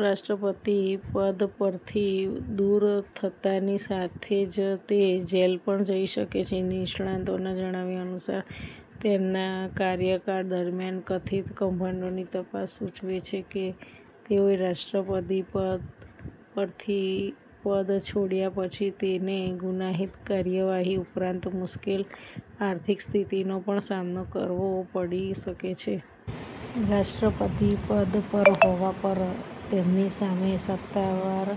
રાષ્ટ્રપતિ પદ પરથી દૂર થતાંની સાથે જ તે જેલ પણ જઈ શકે છે. નિષ્ણાતોના જણાવ્યા અનુસાર, તેમના કાર્યકાળ દરમિયાન કથિત કૌભાંડોની તપાસ સૂચવે છે કે, તેઓએ રાષ્ટ્રપતિ પદ પરથી પદ છોડ્યા પછી તેને ગુનાહિત કાર્યવાહી ઉપરાંત મુશ્કેલ આર્થિક સ્થિતિનો પણ સામનો કરવો પડી શકે છે. રાષ્ટ્રપતિ પદ પર હોવા પર, તેમની સામે સત્તાવાર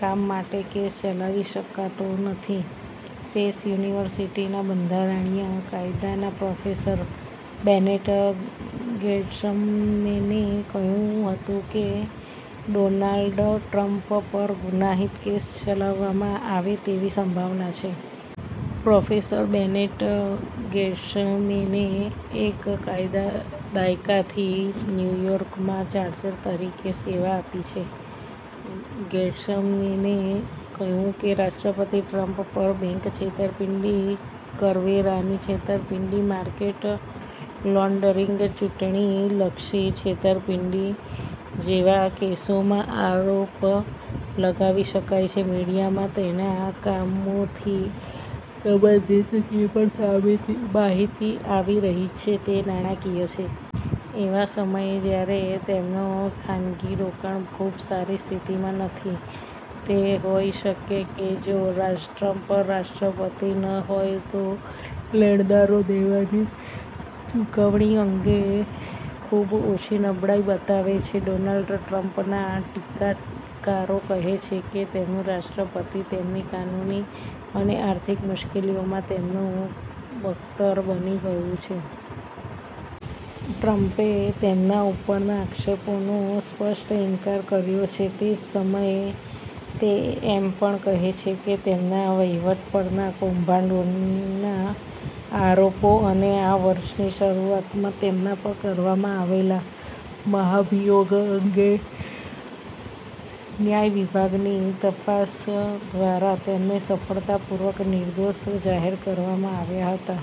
કામ માટે કેસ ચલાવી શકાતો નથી. પેસ યુનિવર્સિટીના બંધારણીય કાયદાના પ્રોફેસર બેનેટ ગેર્શમેને કહ્યું હતું કે, ડોનાલ્ડ ટ્રમ્પ પર ગુનાહિત કેસ ચલાવવામાં આવે તેવી સંભાવના છે. પ્રોફેસર બેનેટ ગેર્શમેને એક દાયકાથી ન્યૂયોર્કમાં ચાર્જર તરીકે સેવા આપી છે. ગેર્શમેને કહ્યું કે, રાષ્ટ્રપતિ ટ્રમ્પ પર બેંક છેતરપિંડી, કરવેરાની છેતરપિંડી, માર્કેટ લોન્ડરિંગ, ચૂંટણીલક્ષી છેતરપિંડી જેવા કેસોમાં આરોપ લગાવી શકાય છે. મીડિયામાં તેના કામોથી સંબંધિત જે પણ માહિતી આવી રહી છે તે નાણાકીય છે. એવા સમયે જ્યારે તેમનો ખાનગી રોકાણ ખૂબ સારી સ્થિતિમાં નથી. તે હોઈ શકે કે જો ટ્રમ્પ રાષ્ટ્રપતિ ન હોય તો લેણદારો દેવાની ચુકવણી અંગે ખૂબ ઓછી નબળાઇ બતાવે છે. ડોનાલ્ડ ટ્રમ્પના ટીકાકારો કહે છે કે, તેમનું રાષ્ટ્રપતિ તેમની કાનૂની અને આર્થિક મુશ્કેલીઓમાં તેમનું બખ્તર બની ગયું છે. ટ્રમ્પે તેમના ઉપરના આક્ષેપોનો સ્પષ્ટ ઇનકાર કર્યો છે. તે જ સમયે, તે એમ પણ કહે છે કે તેમના વહીવટ પરના કૌભાંડોના આરોપો અને આ વર્ષની શરૂઆતમાં તેમના પર કરવામાં આવેલા મહાભિયોગ અંગે ન્યાય વિભાગની તપાસ દ્વારા તેમને સફળતાપૂર્વક નિર્દોષ જાહેર કરવામાં આવ્યા હતા.